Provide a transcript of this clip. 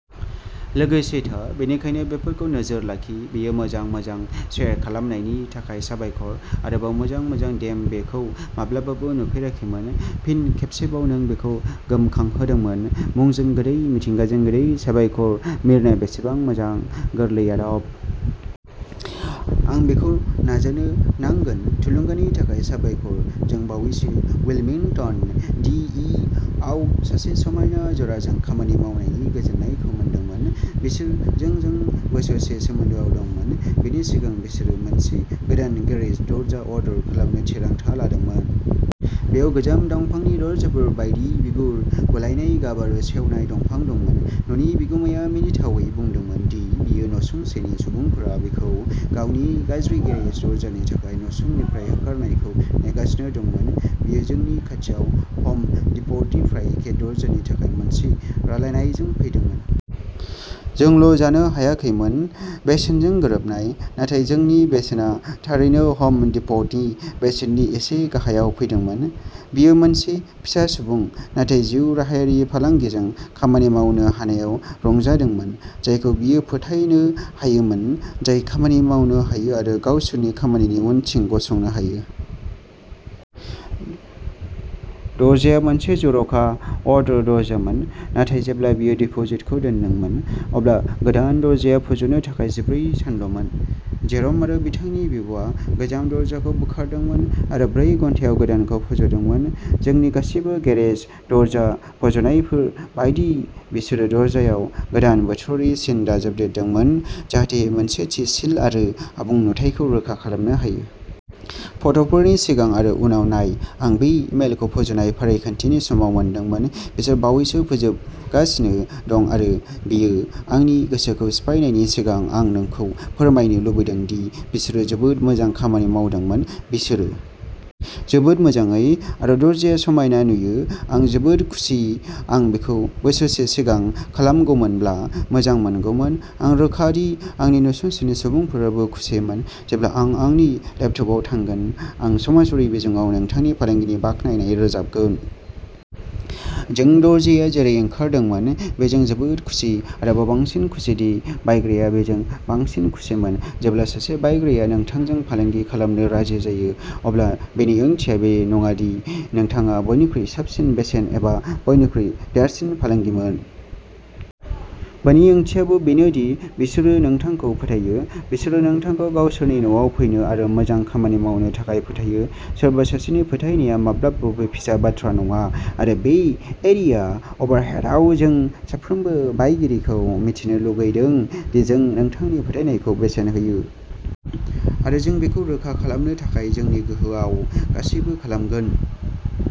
लोगोसे था बेनिखायनो बेफोरखौ नोजोर लाखि बेयो जोबोद मोजां शेयार खालामनायनि थाखाय साबायखर। आरोबाव मोनसे मोजां डेम बेखौ माब्लाबाबो नुफेराखैमोन। फिन खेबसेबाव नों बेखौ गोमखांहोदोंमोन। मुंजों गोदै, मिथिंगाजों गोदै, साबायखर मिर्ना बेसेबां मोजां गोरलै आदब। आं बेखौ नाजानो नांगोन थुलुंगानि थाखाय साबायखर जों बावैसो उइलमिंटन, डि इ आव सासे समायना जराजों खामानि मावनायनि गोजोननायखौ मोनदोंमोन। बिसोर जोंजों बोसोरसेसो सोमोन्दोआव दंमोन, बेनि सिगां बिसोरो मोनसे गोदान गेरेज दरजा अर्डार खालामनो थिरांथा लादोंमोन। बेयाव गोजाम दंफांनि दरजाफोर बायदि बिगुर गलायनाय गाब आरो सेवनाय दंफां दंमोन। न'नि बिगुमाया मिनिथावै बुंदोंमोन दि बियो नसुंसेनि सुबुंफोरा बिखौ गावनि गाज्रि गेरेज दरजानि थाखाय नसुंनिफ्राय होखारहरनायखौ नेगासिनो दंमोन। बियो जोंनि खाथियाव हम डिप'टनिफ्राय एखे दरजानि थाखाय मोनसे रायलायनायजों फैदोंमोन। जोंल' जानो हायाखैमोन। बेसेनजों गोरोबनाय, नाथाय जोंनि बेसेना थारैनो हम डिप'टनि बेसेननि एसे गाहायाव फैदोंमोन। बियो मोनसे फिसा सुबुं, नाथाय जिउ राहायारि फालांगिजों खामानि मावनो हानायाव रंजादोंमोन, जायखौ बियो फोथायनो हायोमोन, जाय खामानि मावनो हायो आरो गावसोरनि खामानिनि उनथिं गसंनो हायो। दरजाया मोनसे जर'खा अर्डार दरजामोन, नाथाय जेब्ला बियो डिपोजिटखौ दोन्दोंमोन, अब्ला गोदान दरजाया फज'नो थाखाय जिब्रै सानल'मोन। जेर'म आरो बिथांनि बिब'आ गोजाम दरजाखौ बोखारदोंमोन आरो ब्रै घन्टायाव गोदानखौ फज'दोंमोन। जोंनि गासिबो गेरेज दरजा फज'नायफोर बायदि, बिसोरो दरजायाव गोदान बोथोरारि सिन दाजाबदेरदोंमोन जाहाथे मोनसे थि सिल आरो आबुं नुथायखौ रोखा खालामनो हायो। फट'फोरनि सिगां आरो उनाव नाय आं बे इमेलखौ फज'नाय फारिखान्थिनि समाव मोनदोंमोन बिसोर बावैसो फोजोबगासिनो दं आरो बेयो आंनि गोसोखौ सिफायनायनि सिगां आं नोंखौ फोरमायनो लुबैदों दि बिसोरो जोबोद मोजां खामानि मावदोंमोन, बिसोरो। जोबोद मोजाङै आरो दरजाया समायना नुयो। आं जोबोद खुसि, आं बेखौ बोसोरसे सिगां खालामगौमोनब्ला मोजां मोनगौमोन। आं रोखा दि आंनि नसुंसेनि सुबुंफोराबो खुसिमोन। जेब्ला आं आंनि लेपटपआव थांगोन, आं समाजारि बिजोङाव नोंथांनि फालांगिनि बाख्नायनाय रोजाबगोन। जों दरजाया जेरै ओंखारदोंमोन बेजों जोबोद खुसि आरोबाव बांसिन खुसिदि बायग्राया बेजों बांसिन खुसिमोन। जेब्ला सासे बायग्राया नोंथांजों फालांगि खालामनो राजि जायो, अब्ला बेनि ओंथिया बेनो नङा दि नोंथाङा बयनिख्रुइ साबसिन बेसेन एबा बयनिख्रुइ देरसिन फालांगिमोन। बेनि ओंथियाबो बेनो दि बिसोरो नोंथांखौ फोथायो। बिसोरो नोंथांखौ गावसोरनि न'आव फैनो आरो मोजां खामानि मावनो थाखाय फोथायो। सोरबा सासेनि फोथायनाया माब्लाबाबो फिसा बाथ्रा नङा, आरो बे एरिया अभारहेडआव जों साफ्रोमबो बायगिरिखौ मिथिनो लुगैदों दि जों नोंथांनि फोथायनायखौ बेसेन होयो। आरो जों बेखौ रोखा खालामनो थाखाय जोंनि गोहोआव गासैबो खालामगोन।